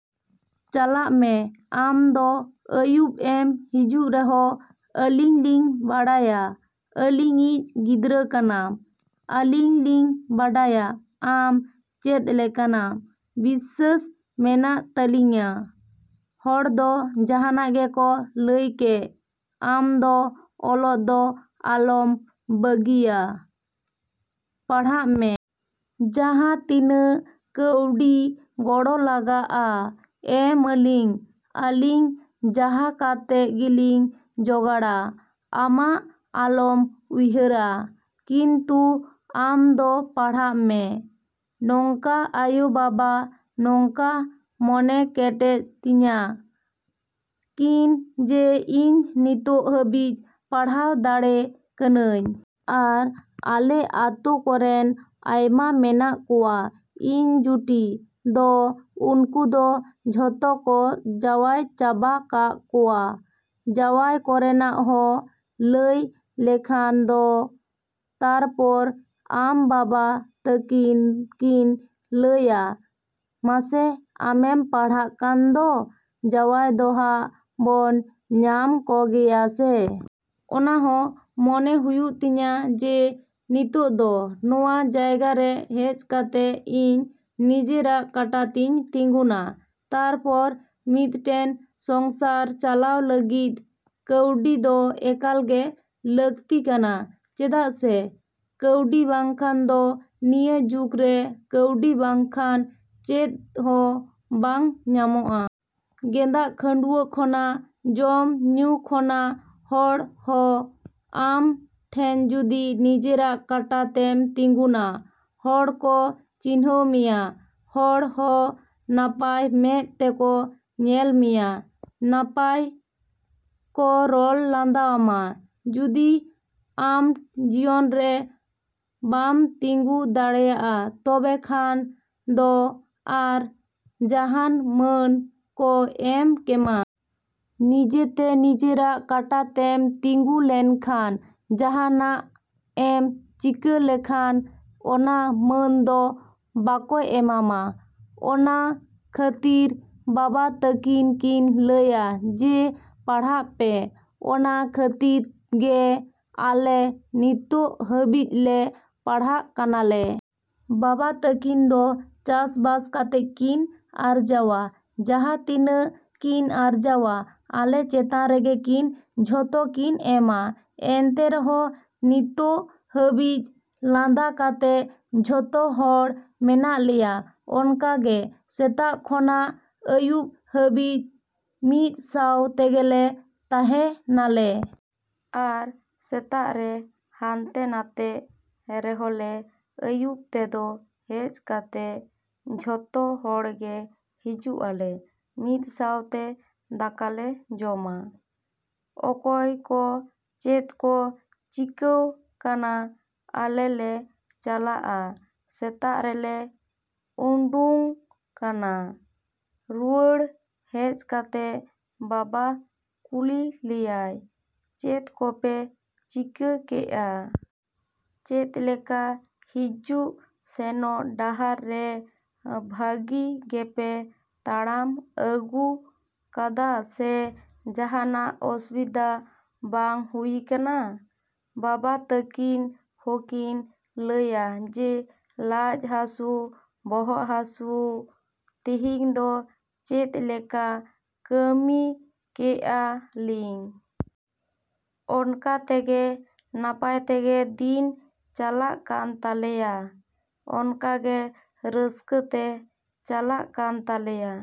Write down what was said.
ᱪᱟᱞᱟᱜ ᱢᱮ᱾ ᱟᱢ ᱫᱚ ᱟᱹᱭᱩᱵ ᱮᱢ ᱦᱤᱡᱩᱜ ᱨᱮᱦᱚᱸ ᱟᱹᱞᱤᱧ ᱞᱤᱧ ᱵᱟᱲᱟᱭᱟ ᱟᱹᱞᱤᱧ ᱤᱡ ᱜᱤᱫᱽᱨᱟᱹ ᱠᱟᱱᱟᱢ᱾ ᱟᱹᱞᱤᱧ ᱞᱤᱧ ᱵᱟᱰᱟᱭᱟ ᱟᱢ ᱪᱮᱫ ᱞᱮᱠᱟᱱᱟᱢ ᱵᱤᱥᱥᱟᱹᱥ ᱢᱮᱱᱟᱜ ᱛᱟᱹᱞᱤᱧᱟ᱾ ᱦᱚᱲ ᱫᱚ ᱡᱟᱦᱟᱱᱟᱜ ᱜᱮᱠᱚ ᱞᱟᱹᱭ ᱠᱮᱜ ᱟᱢ ᱫᱚ ᱚᱞᱚᱜ ᱫᱚ ᱟᱞᱚᱢ ᱵᱟᱹᱜᱤᱭᱟ ᱯᱟᱲᱦᱟᱜ ᱢᱮ᱾ ᱡᱟᱦᱟᱸ ᱛᱤᱱᱟᱹᱜ ᱠᱟᱹᱣᱰᱤ ᱜᱚᱲᱚ ᱞᱟᱜᱟᱜᱼᱟ ᱮᱢ ᱟᱹᱞᱤᱧ ᱟᱹᱞᱤᱧ ᱡᱟᱦᱟᱸ ᱠᱟᱛᱮ ᱜᱮᱞᱤᱧ ᱡᱚᱜᱟᱲᱟ ᱟᱢᱟ ᱟᱞᱚᱢ ᱩᱭᱦᱟᱹᱨᱟ ᱠᱤᱱᱛᱩ ᱟᱢᱫᱚ ᱯᱟᱲᱦᱟᱜ ᱢᱮ᱾ ᱱᱚᱝᱠᱟ ᱟᱭᱳᱼᱵᱟᱵᱟ ᱱᱚᱝᱠᱟ ᱢᱚᱱᱮ ᱠᱮᱴᱮᱡ ᱛᱤᱧᱟ ᱠᱤᱱ ᱡᱮ ᱤᱧ ᱱᱤᱛᱚᱜ ᱦᱟᱹᱵᱤᱡ ᱯᱟᱲᱦᱟᱜ ᱫᱟᱲᱮ ᱠᱟᱹᱱᱟᱹᱧ᱾ ᱟᱨ ᱟᱞᱮ ᱟᱛᱳ ᱠᱚᱨᱮᱱ ᱟᱭᱢᱟ ᱢᱮᱱᱟᱜ ᱠᱚᱣᱟ ᱤᱧ ᱡᱩᱴᱤ ᱫᱚ ᱩᱱᱠᱩ ᱫᱚ ᱡᱷᱚᱛᱚ ᱠᱚ ᱡᱟᱶᱟᱭ ᱪᱟᱵᱟ ᱠᱟᱜ ᱠᱚᱣᱟ᱾ ᱡᱟᱶᱟᱭ ᱠᱚᱨᱮᱱᱟᱜ ᱦᱚᱸ ᱞᱟᱹᱭ ᱞᱮᱠᱷᱟᱱ ᱠᱚ ᱛᱟᱨᱯᱚᱨ ᱟᱢ ᱵᱟᱵᱟ ᱛᱟᱠᱤᱱ ᱠᱤᱱ ᱞᱟᱹᱭᱟ ᱢᱟᱥᱮ ᱟᱢᱮᱢ ᱯᱟᱲᱦᱟᱜ ᱠᱟᱱ ᱫᱚ ᱡᱟᱶᱟᱭ ᱫᱚᱦᱟᱜ ᱵᱚᱱ ᱧᱟᱢ ᱠᱚᱜᱮᱭᱟᱥᱮ᱾ ᱚᱱᱟᱦᱚᱸ ᱢᱚᱱᱮ ᱦᱩᱭᱩᱜ ᱛᱤᱧᱟ ᱡᱮ ᱱᱤᱛᱚᱜ ᱫᱚ ᱱᱚᱣᱟ ᱡᱟᱭᱜᱟ ᱨᱮ ᱦᱮᱡ ᱠᱟᱛᱮ ᱤᱧ ᱱᱤᱡᱮᱨᱟᱜ ᱠᱟᱴᱟ ᱛᱤᱧ ᱛᱤᱸᱜᱩᱱᱟ ᱛᱟᱨᱯᱚᱨ ᱢᱤᱫᱴᱮᱱ ᱥᱚᱝᱥᱟᱨ ᱪᱟᱞᱟᱣ ᱞᱟᱹᱜᱤᱫ ᱠᱟᱹᱣᱰᱤ ᱫᱚ ᱮᱠᱟᱞᱜᱮ ᱞᱟᱹᱠᱛᱤ ᱠᱟᱱᱟ ᱪᱮᱫᱟᱜ ᱥᱮ ᱠᱟᱹᱣᱰᱤ ᱵᱟᱝᱠᱷᱟᱱ ᱫᱚ ᱱᱤᱭᱟᱹ ᱡᱩᱜᱽᱨᱮ ᱠᱟᱹᱣᱰᱤ ᱵᱟᱝᱠᱷᱟᱱ ᱪᱮᱫ ᱦᱚᱸ ᱵᱟᱝ ᱧᱟᱢᱚᱜᱼᱟ᱾ ᱜᱮᱸᱫᱟᱜ ᱠᱷᱟᱹᱰᱩᱣᱟᱹᱜ ᱠᱷᱚᱱᱟᱜ ᱡᱚᱢ ᱧᱩ ᱠᱷᱚᱱᱟᱜ ᱦᱚᱲ ᱦᱚᱸ ᱟᱢ ᱴᱷᱮᱱ ᱡᱩᱫᱤ ᱱᱤᱡᱮᱨᱟᱜ ᱠᱟᱴᱟ ᱛᱮᱢ ᱛᱤᱸᱜᱩᱱᱟ ᱦᱚᱲ ᱠᱚ ᱪᱤᱱᱦᱟᱹᱣ ᱢᱮᱭᱟ᱾ ᱦᱚᱲ ᱦᱚᱸ ᱱᱟᱯᱟᱭ ᱢᱮᱫ ᱛᱮᱠᱚ ᱧᱮᱞ ᱢᱮᱭᱟ, ᱱᱟᱯᱟᱭ ᱠᱚ ᱨᱚᱲ ᱞᱟᱸᱫᱟ ᱟᱢᱟ᱾ ᱡᱩᱫᱤ ᱟᱢ ᱡᱤᱭᱚᱱ ᱨᱮ ᱵᱟᱢ ᱛᱤᱸᱜᱩ ᱫᱟᱲᱮᱭᱟᱜᱼᱟ ᱛᱚᱵᱮ ᱠᱷᱟᱱ ᱫᱚ ᱟᱨ ᱡᱟᱦᱟᱱ ᱢᱟᱹᱱ ᱠᱚ ᱮᱢ ᱠᱮᱢᱟ᱾ ᱱᱤᱡᱮᱛᱮ ᱱᱤᱡᱮᱨᱟᱜ ᱠᱟᱴᱟ ᱛᱮᱢ ᱛᱤᱸᱜᱩ ᱞᱮᱱᱠᱷᱟᱱ ᱡᱟᱦᱟᱱᱟᱜ ᱮᱢ ᱪᱤᱠᱟᱹ ᱞᱮᱠᱷᱟᱱ ᱚᱱᱟ ᱢᱟᱹᱱ ᱫᱚ ᱵᱟᱠᱚ ᱮᱢᱟᱢᱟ᱾ ᱚᱱᱟ ᱠᱷᱟᱹᱛᱤᱨ ᱵᱟᱵᱟ ᱛᱟᱹᱠᱤᱱ ᱠᱤᱱ ᱞᱟᱹᱭᱟ ᱡᱮ ᱯᱟᱲᱦᱟᱜ ᱯᱮ᱾ ᱚᱱᱟ ᱠᱷᱟᱹᱛᱤᱨ ᱜᱮ ᱟᱞᱮ ᱱᱤᱛᱚᱜ ᱦᱟᱹᱵᱤᱡ ᱞᱮ ᱯᱟᱲᱦᱟᱜ ᱠᱟᱱᱟᱞᱮ᱾ ᱵᱟᱵᱟ ᱛᱟᱹᱠᱤᱱ ᱫᱚ ᱪᱟᱥᱼᱵᱟᱥ ᱠᱟᱛᱮ ᱠᱤᱱ ᱟᱨᱡᱟᱣᱟ᱾ ᱡᱟᱦᱟᱸ ᱛᱤᱱᱟᱹᱜ ᱠᱤᱱ ᱟᱨᱡᱟᱣᱟ ᱟᱞᱮ ᱪᱮᱛᱟᱱ ᱨᱮᱜᱮᱠᱤᱱ ᱡᱷᱚᱛᱚ ᱠᱤᱱ ᱮᱢᱟ᱾ ᱮᱱᱛᱮ ᱨᱮᱦᱚᱸ ᱱᱤᱛᱚᱜ ᱦᱟᱹᱵᱤᱡ ᱞᱟᱸᱫᱟ ᱠᱟᱛᱮ ᱡᱷᱚᱛᱚ ᱦᱚᱲ ᱢᱮᱱᱟᱜ ᱞᱮᱭᱟ᱾ ᱚᱱᱠᱟ ᱜᱮ ᱥᱮᱛᱟᱜ ᱠᱷᱚᱱᱟᱜ ᱟᱹᱭᱩᱵ ᱦᱟᱹᱵᱤᱡ ᱢᱤᱫ ᱥᱟᱶ ᱛᱮᱜᱮᱞᱮ ᱛᱟᱦᱮᱸ ᱱᱟᱞᱮ᱾ ᱟᱨ ᱥᱮᱛᱟᱜ ᱨᱮ ᱦᱟᱱᱛᱮ ᱱᱷᱟᱛᱮᱜ ᱨᱮᱦᱚᱸ ᱞᱮ ᱟᱹᱭᱩᱵ ᱛᱮᱫᱚ ᱦᱮᱡ ᱠᱟᱛᱮ ᱡᱷᱚᱛᱚ ᱦᱚᱲᱜᱮ ᱦᱤᱡᱩᱜ ᱟᱞᱮ᱾ ᱢᱤᱫ ᱥᱟᱶᱛᱮ ᱫᱟᱠᱟᱞᱮ ᱡᱚᱢᱟ᱾ ᱚᱠᱚᱭ ᱠᱚ ᱪᱮᱫ ᱠᱚ ᱪᱤᱠᱟᱹᱣ ᱠᱟᱱᱟ ᱟᱞᱮ ᱞᱮ ᱪᱟᱞᱟᱜᱼᱟ ᱥᱮᱛᱟᱜ ᱨᱮᱞᱮ ᱩᱰᱩᱝ ᱠᱟᱱᱟ᱾ ᱨᱩᱣᱟᱹᱲ ᱦᱮᱡ ᱠᱟᱛᱮ ᱵᱟᱵᱟ ᱠᱩᱞᱤ ᱞᱮᱭᱟᱭ ᱪᱮᱫ ᱠᱚᱯᱮ ᱪᱤᱠᱟᱹ ᱠᱮᱜᱼᱟ? ᱪᱮᱫ ᱞᱮᱠᱟ ᱦᱤᱡᱩᱜ ᱥᱮᱱᱚᱜ ᱰᱟᱦᱟᱨ ᱨᱮ ᱵᱷᱟᱹᱜᱤ ᱜᱮᱯᱮ ᱛᱟᱲᱟᱢ ᱟᱹᱜᱩ ᱠᱟᱫᱟ ᱥᱮ ᱡᱟᱦᱟᱱᱟᱜ ᱚᱥᱩᱵᱤᱫᱷᱟ ᱵᱟᱝ ᱦᱩᱭ ᱠᱟᱱᱟ᱾ ᱵᱟᱵᱟ ᱛᱟᱹᱠᱤᱱ ᱦᱚᱸᱠᱤᱱ ᱞᱟᱹᱭᱟ ᱡᱮ ᱞᱟᱡ ᱦᱟᱹᱥᱩ ᱵᱚᱦᱚᱜ ᱦᱟᱹᱥᱩ ᱛᱮᱦᱮᱧ ᱫᱚ ᱪᱮᱫ ᱞᱮᱠᱟ ᱠᱟᱹᱢᱤ ᱠᱮᱜᱼᱟ ᱞᱤᱧ᱾ ᱚᱱᱠᱟ ᱛᱮᱜᱮ ᱱᱟᱯᱟᱭ ᱛᱮᱜᱮ ᱫᱤᱱ ᱪᱟᱞᱟᱜ ᱠᱟᱱ ᱛᱟᱞᱮᱭᱟ᱾ ᱚᱱᱠᱟᱜᱮ ᱨᱟᱹᱥᱠᱟᱹ ᱛᱮ ᱪᱟᱞᱟᱜ ᱠᱟᱱ ᱛᱟᱞᱮᱭᱟ᱾।